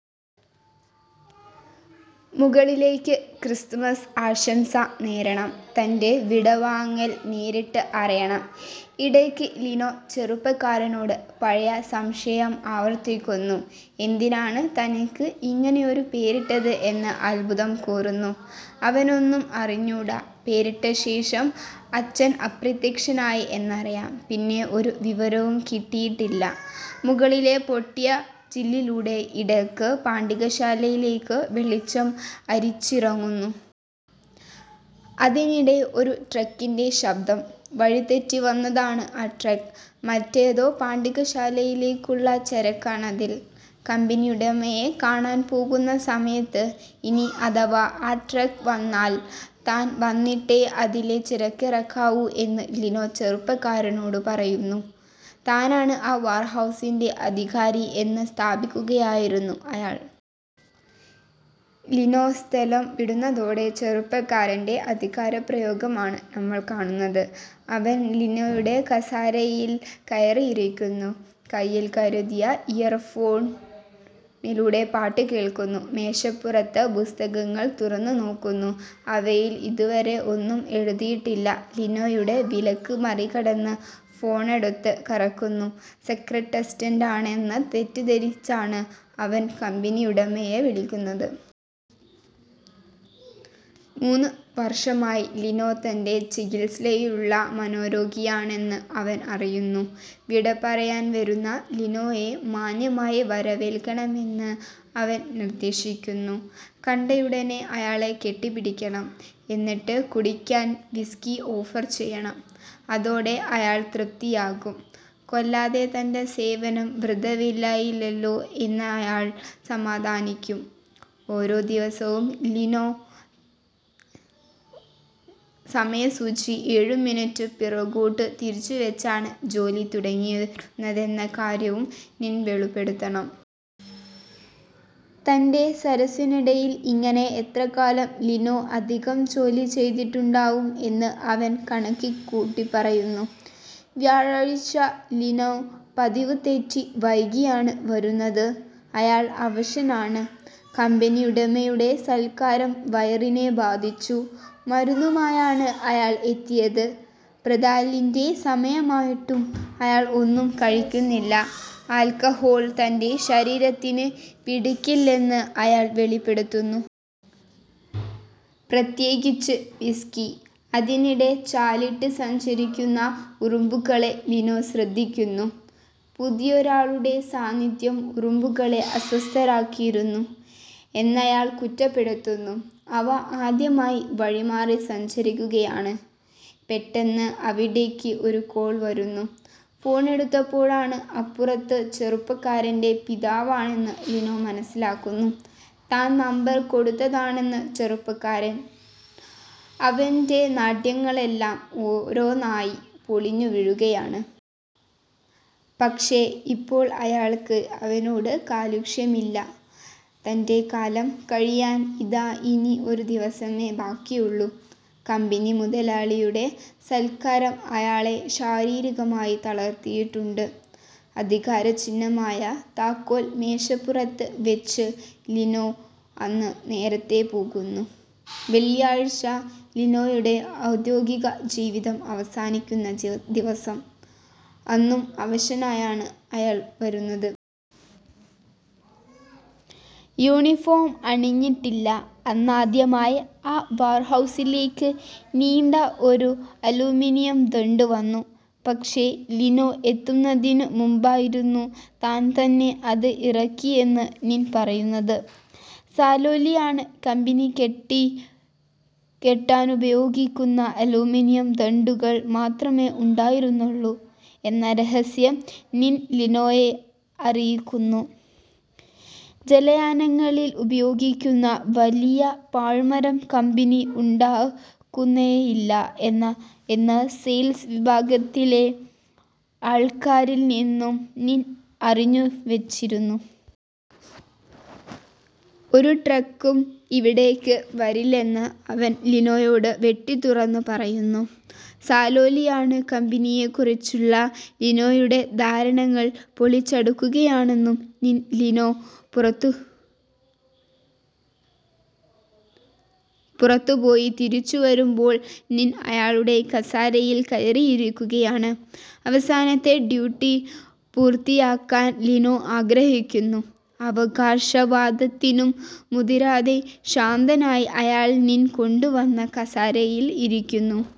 മുതലാളിക്ക് ക്രിസ്മസ് ആശംസ നേരണം. തന്റെ വിടവാങ്ങല് നേരിട്ട് അറിയിക്കണം. ഇടയ്ക്ക് ലിനോ ചെറുപ്പക്കാരനോട് പഴയ സംശയം ആവര്ത്തിക്കുന്നു. എന്തിനാണ് തനിക്ക് ഇങ്ങനെയൊരു പേരിട്ടത് എന്ന് അത്ഭുതം കൂറുന്നു. അവനതൊന്നും അറിഞ്ഞൂടാ. പേരിട്ടശേഷം അച്ഛന് അപ്രത്യക്ഷനായി എന്നറിയാം. പിന്നെ ഒരു വിവരവും കിട്ടിയിട്ടില്ല. മുകളിലെ പൊട്ടിയ ചില്ലിലൂടെ ഇടയ്ക്ക്് പാണ്ടികശാലയിലേക്ക് വെളിച്ചം അരിച്ചിറങ്ങുന്നു. അതിനിടെ ഒരു ട്രക്കിന്റെ ശബ്ദം. വഴി തെറ്റി വന്നതാണ് ആ ട്രക്ക്. മറ്റേതോ പാണ്ടികശാലയിലേക്കുള്ള ചരക്കാണതില്. കമ്പനിയുടമയെ കാണാന് പോകുന്ന സമയത്ത് ഇനി അഥവാ ട്രക്ക് വന്നാല് താന് വന്നിട്ടേ അതിലെ ചരക്കിറക്കാവൂ എന്ന് ലിനോ ചെറുപ്പക്കാരനോട് പറയുന്നു. താനാണ് ആ വേര്ഹൗസിന്റെ അധികാരി എന്ന് സ്ഥാപിക്കുകയായിരുന്നു അയാള്. ലിനോ സ്ഥലം വിടുന്നതോടെ ചെറുപ്പക്കാരന്റെ അധികാരപ്രയോഗമാണ് നമ്മള് കാണുന്നത്. അവന് ലിനോയുടെ കസേരയില് കയറിയിരിക്കുന്നു. കൈയില് കരുതിയ ഇയര്ഫോണിലൂടെ പാട്ടു കേള്ക്കുന്നു. മേശപ്പുറത്തെ പുസ്തകങ്ങള് തുറന്നുനോക്കുന്നു. അവയില് ഇതുവരെ ഒന്നും എഴുതിയിട്ടില്ല. ലിനോയുടെ വിലക്ക് മറികടന്ന് ഫോണെടുത്ത് കറക്കുന്നു. സൈക്യാട്രിസ്റ്റാണെന്ന് തെറ്റിദ്ധരിപ്പിച്ചാണ് അവന് കമ്പനിയുടമയെ വിളിക്കുന്നത്. മൂന്നു വര്ഷമായി ലിനോ തന്റെ ചികിത്സയിലുള്ള മനോരോഗിയാണെന്ന് അവന് അറിയിക്കുന്നു. വിടപറയാന് വരുന്ന ലിനോയെ മാന്യമായി വരവേല്ക്കണമെന്ന് അവന് നിര്ദേശിക്കുന്നു. കണ്ടയുടനെ അയാളെ കെട്ടിപ്പിടിക്കണം. എന്നിട്ട് കുടിക്കാന് വിസ്കി ഓഫര് ചെയ്യണം. അതോടെ, അയാള് തൃപ്തനാകും. കൊല്ലത്തെ തന്റെ സേവനം വൃഥാവിലായില്ലല്ലോ എന്നയാള് സമാധാനിക്കും. ഓരോ ദിവസവും ലിനോ സമയസൂചി ഏഴു മിനിറ്റ് പിറകോട്ട് തിരിച്ചുവെച്ചാണ് ജോലി തുടങ്ങിയിരുന്നതെന്ന കാര്യവും നിന് വെളിപ്പെടുത്തുന്നു. തന്റെ സര്വീസിനിടയില് ഇങ്ങനെ എത്രകാലം ലിനോ അധികം ജോലി ചെയ്തിട്ടുണ്ടാവും എന്ന് അവന് കണക്കുകൂട്ടിപ്പറയുന്നു. വ്യാഴാഴ്ച ലിനോ പതിവുതെറ്റി വൈകിയാണ് വരുന്നത്. അയാള് അവശനാണ്. കമ്പനിയുടമയുടെ സത്ക്കാരം വയറിനെ ബാധിച്ചു. മരുന്നുമായാണ് അയാള് എത്തിയത്. പ്രാതലിന്റെ സമയമായിട്ടും അയാള് ഒന്നും കഴിക്കുന്നില്ല. ആല്ക്കഹോള് തന്റെ ശരീരത്തിന് പിടിക്കില്ലെന്ന് അയാള് വെളിപ്പെടുത്തുന്നു. പ്രത്യേകിച്ച്, വിസ്കി. അതിനിടെ ചാലിട്ട് സഞ്ചരിക്കുന്ന ഉറുമ്പുകളെ ലിനോ ശ്രദ്ധിക്കുന്നു. പുതിയൊരാളുടെ സാന്നിധ്യം ഉറുമ്പുകളെ അസ്വസ്ഥരാക്കിയിരിക്കുന്നു എന്നയാള് കുറ്റപ്പെടുത്തുന്നു. അവ ആദ്യമായി വഴിമാറി സഞ്ചരിക്കുകയാണ്. പെട്ടെന്ന് അവിടേക്ക് ഒരു കോള് വരുന്നു. ഫോണെടുത്തപ്പോള് അപ്പുറത്ത് ചെറുപ്പക്കാരന്റെ പിതാവാണെന്ന് ലിനോ മനസ്സിലാക്കുന്നു. താന് നമ്പര് കൊടുത്തതാണെന്ന് ചെറുപ്പക്കാരന്. അവന്റെ നാട്യങ്ങളെല്ലാം ഓരോന്നായി പൊളിഞ്ഞു വീഴുകയാണ്. പക്ഷേ, ഇപ്പോള് അയാള്ക്ക് അവനോട് കാലുഷ്യമില്ല. തന്റെ കാലം കഴിയാന് ഇതാ ഇനി ഒരു ദിവസമേ ബാക്കിയുള്ളു. കമ്പനി മുതലാളിയുടെ സത്കാരം അയാളെ ശാരീരികമായി തളര്ത്തിയിട്ടുണ്ട്. അധികാരചിഹ്നമായ താക്കോല് മേശപ്പുറത്ത് വെച്ച് ലിനോ അന്ന് നേരത്തേ പോകുന്നു. വെള്ളിയാഴ്ച. ലിനോയുടെ ഔദ്യോഗിക ജീവിതം അവസാനിക്കുന്ന ദിവസം. അന്നും അവശനായാണ് അയാള് വരുന്നത്. യൂണിഫോം അണിഞ്ഞിട്ടില്ല. അന്നാദ്യമായി ആ വേര്ഹൗസിലേക്ക് നീണ്ട ഒരു അലൂമിനിയം ദണ്ഡ് വന്നു. പക്ഷേ, ലിനോ എത്തുന്നതിനും മുമ്പായിരുന്നു. താന്തന്നെ അത് ഇറക്കിയെന്ന് നിന് പറയുന്നു. സാല്വലിയോണ് കമ്പനി കൊടി കെട്ടാനുപയോഗിക്കുന്ന അലൂമിനിയം ദണ്ഡുകള് മാത്രമേ ഉണ്ടാക്കുന്നുള്ളു എന്ന രഹസ്യം നിന് ലിനോയെ അറിയിക്കുന്നു. ജലയാനങ്ങളില് ഉപയോഗിക്കുന്ന വലിയ പായ്മരം കമ്പനി ഉണ്ടാക്കുന്നേയില്ല എന്ന് സെയില്സ് വിഭാഗത്തിലെ ആള്ക്കാരില് നിന്നും നിന് അറിഞ്ഞുവെച്ചിരുന്നു. ഒരു ട്രക്കും ഇവിടേക്ക് വരില്ലെന്നും അവന് ലിനോയോട് വെട്ടിത്തുറന്നു പറയുന്നു. സാല്വലിയോണ് കമ്പനിയെക്കുറിച്ചുള്ള ലിനോയുടെ ധാരണകള് പൊളിച്ചടുക്കുകയായിരുന്നു നിന്. ലിനോ പുറത്തുപോയി തിരിച്ചുവരുമ്പാള് നിന് അയാളുടെ കസേരയില് കയറി ഇരിക്കുകയാണ്. അവസാനത്തെ ഡ്യൂട്ടി പൂര്ത്തിയാക്കാന് ലിനോ ആഗ്രഹിക്കുന്നു. ഒരവകാശവാദത്തിനും മുതിരാതെ ശാന്തനായി അയാള് നിന് കൊണ്ടുവന്ന കസേരയില് ഇരിക്കുന്നു.